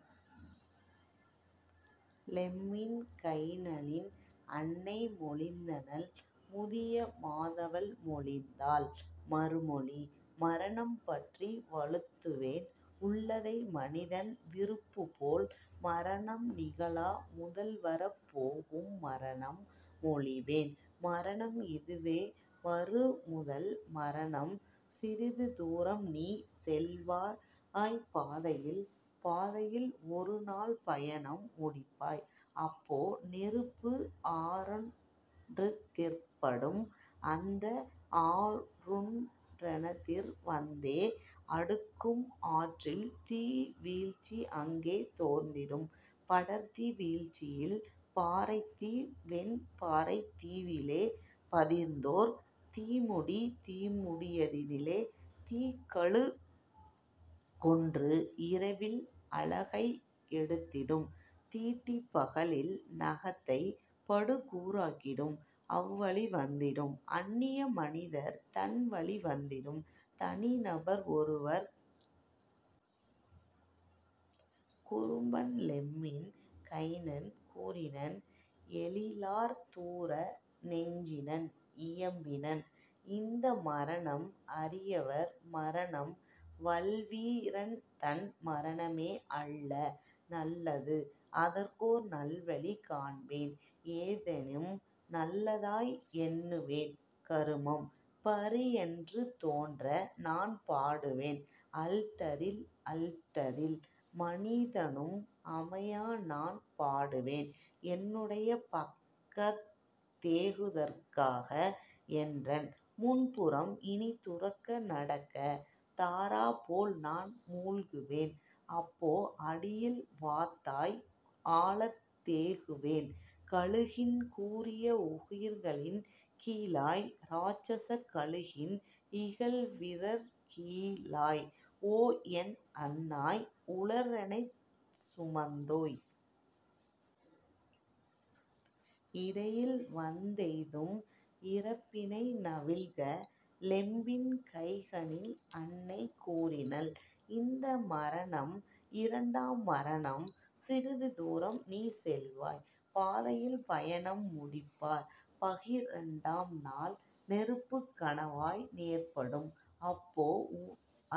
" லெம்மின் கைனனின் அன்னை மொழிந்தனள் முதிய மாதவள் மொழிந்தாள் மறுமொழி: "மரணம் பற்றி வழுத்துவேன் உள்ளதை மனிதன் விருப்புபோல் மரணம் நிகழா முதல்வரப் போகும் மரணம் மொழிவேன் மரணம் இதுவே வருமுதல் மரணம் சிறிதுதூ ரம்நீ செல்வாய் பாதையில் பாதையில் ஒருநாள் பயணம் முடிப்பாய் அப்போ நெருப்பு ஆறொன் றெதிர்ப்படும் அந்தஆ றுன்னெதிர் வந்தே அடுக்கும் ஆற்றில்தீ வீழ்ச்சி அங்கே தோன்றிடும் படர்தீ வீழ்ச்சியில் பாறைத்தீ வொன் பாறைத் தீவிலே பதிந்ததோர் தீமுடி தீமுடி யதிலே தீக்கழு கொன்று இரவில் அலகை எடுத்திடும் தீட்டி பகலில் நகத்தைப் படுகூ ராக்கிடும் அவ்வழி வந்திடும் அந்நிய மனிதர்க் தன்வழி வந்திடும் தனிநபர் ஒருவர்க். " குறும்பன் லெம்மின் கைனன் கூறினன் எழிலார் தூர நெஞ்சினன் இயம்பினன்: "இந்த மரணம் அரிவையர் மரணம் வல்வீ ரன்தன் மரணமே அல்ல நல்லது அதற்கோர் நல்வழி காண்பேன் ஏதெனும் நல்லதாய் எண்ணுவேன் கருமம்: பரியொன்று தோன்றநான் பாடுவேன் 'அல்டரி'ல் 'அல்டரி'ல் மனிதனும் அமையநான் பாடுவேன் என்னுடைய பக்கத் தேகுதற் காக என்றன் முன்புறம் இனிதுற நடக்க; தாரா போல்நான் மூழ்குவேன் அப்போ அடியில் வாத்தாய் ஆழத் தேகுவேன் கழுகின் கூரிய உகிர்களின் கீழாய் இராட்சசக் கழுகின் இகல்விரற் கீழாய்; "ஓ, என் அன்னாய், உழன்றெனைச் சுமந்தோய்! இடையில்வந் தெய்தும் இறப்பினை நவில்க! " லெம்மின் கைனனின் அன்னை கூறினள்: "இந்த மரணம் இரண்டாம் மரணம் சிறிதுதூ ரம்நீ செல்வாய் பாதையில் பயணம் முடிப்பாய் பகரிரண் டாம்நாள் நெருப்புக் கணவாய் நேர்ப்படும் அப்போ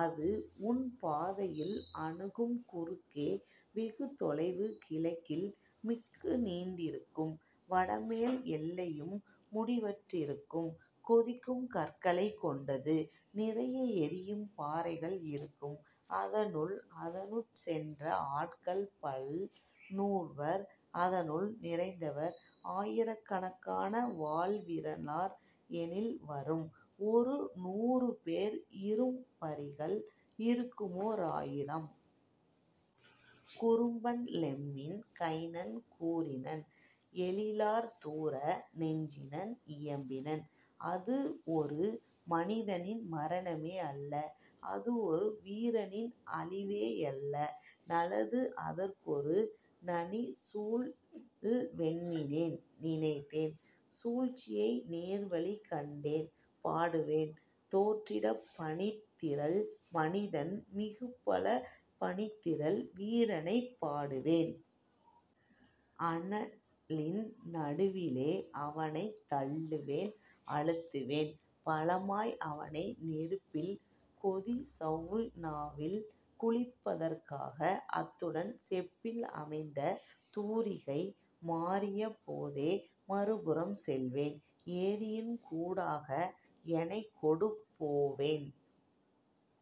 அதுஉன் பாதையில் அணுகும் குறுக்கே வெகுதொலை கிழக்கில் மிக்குநீண் டிருக்கும் வடமேல் எல்லையும் முடிவற் றிருக்கும் கொதிக்கும் கற்களைக் கொண்டது நிறைய எரியும் பாறைகள் இருக்கும் அதனுள்; அதனுட் சென்ற ஆட்கள்பல் நூற்றுவர் அதனுள் நிறைந்தவர் ஆயிரக் கணக்காம் வாள்விற லார்எணில் வரும்ஒரு நூறுபேர் இரும்புப் பரிகள் இருக்குமோ ராயிரம். " குறும்பன் லெம்மின் கைனன் கூறினன் எழிலார் தூர நெஞ்சினன் இயம்பினன்: "அதுவொரு மனிதனின் மரணமே அல்ல அதுவொரு வீரனின் அழிவுமே யல்ல நலது அதற்கொரு நனிசூழ் வெண்ணினேன் நினைத்தேன் சூழ்ச்சியை நேர்வழி கண்டேன் பாடுவேன் தோன்றிடப் பனித்திரள் மனிதன் மிகுபலப் பனித்திரள் வீரனைப் பாடுவேன் அன்னலின் நடுவிலே அவனைத் தள்ளுவேன் அழுத்துவேன் பலமாய் அவனை நெருப்பில் கொதிசவு னாவில் குளிப்பதற் காக அத்துடன் செப்பில் அமைந்த தூரிகை; மாறியப் போதே மறுபுறம் செல்வேன் எரியின்ஊ டாக எனைக்கொடு போவேன்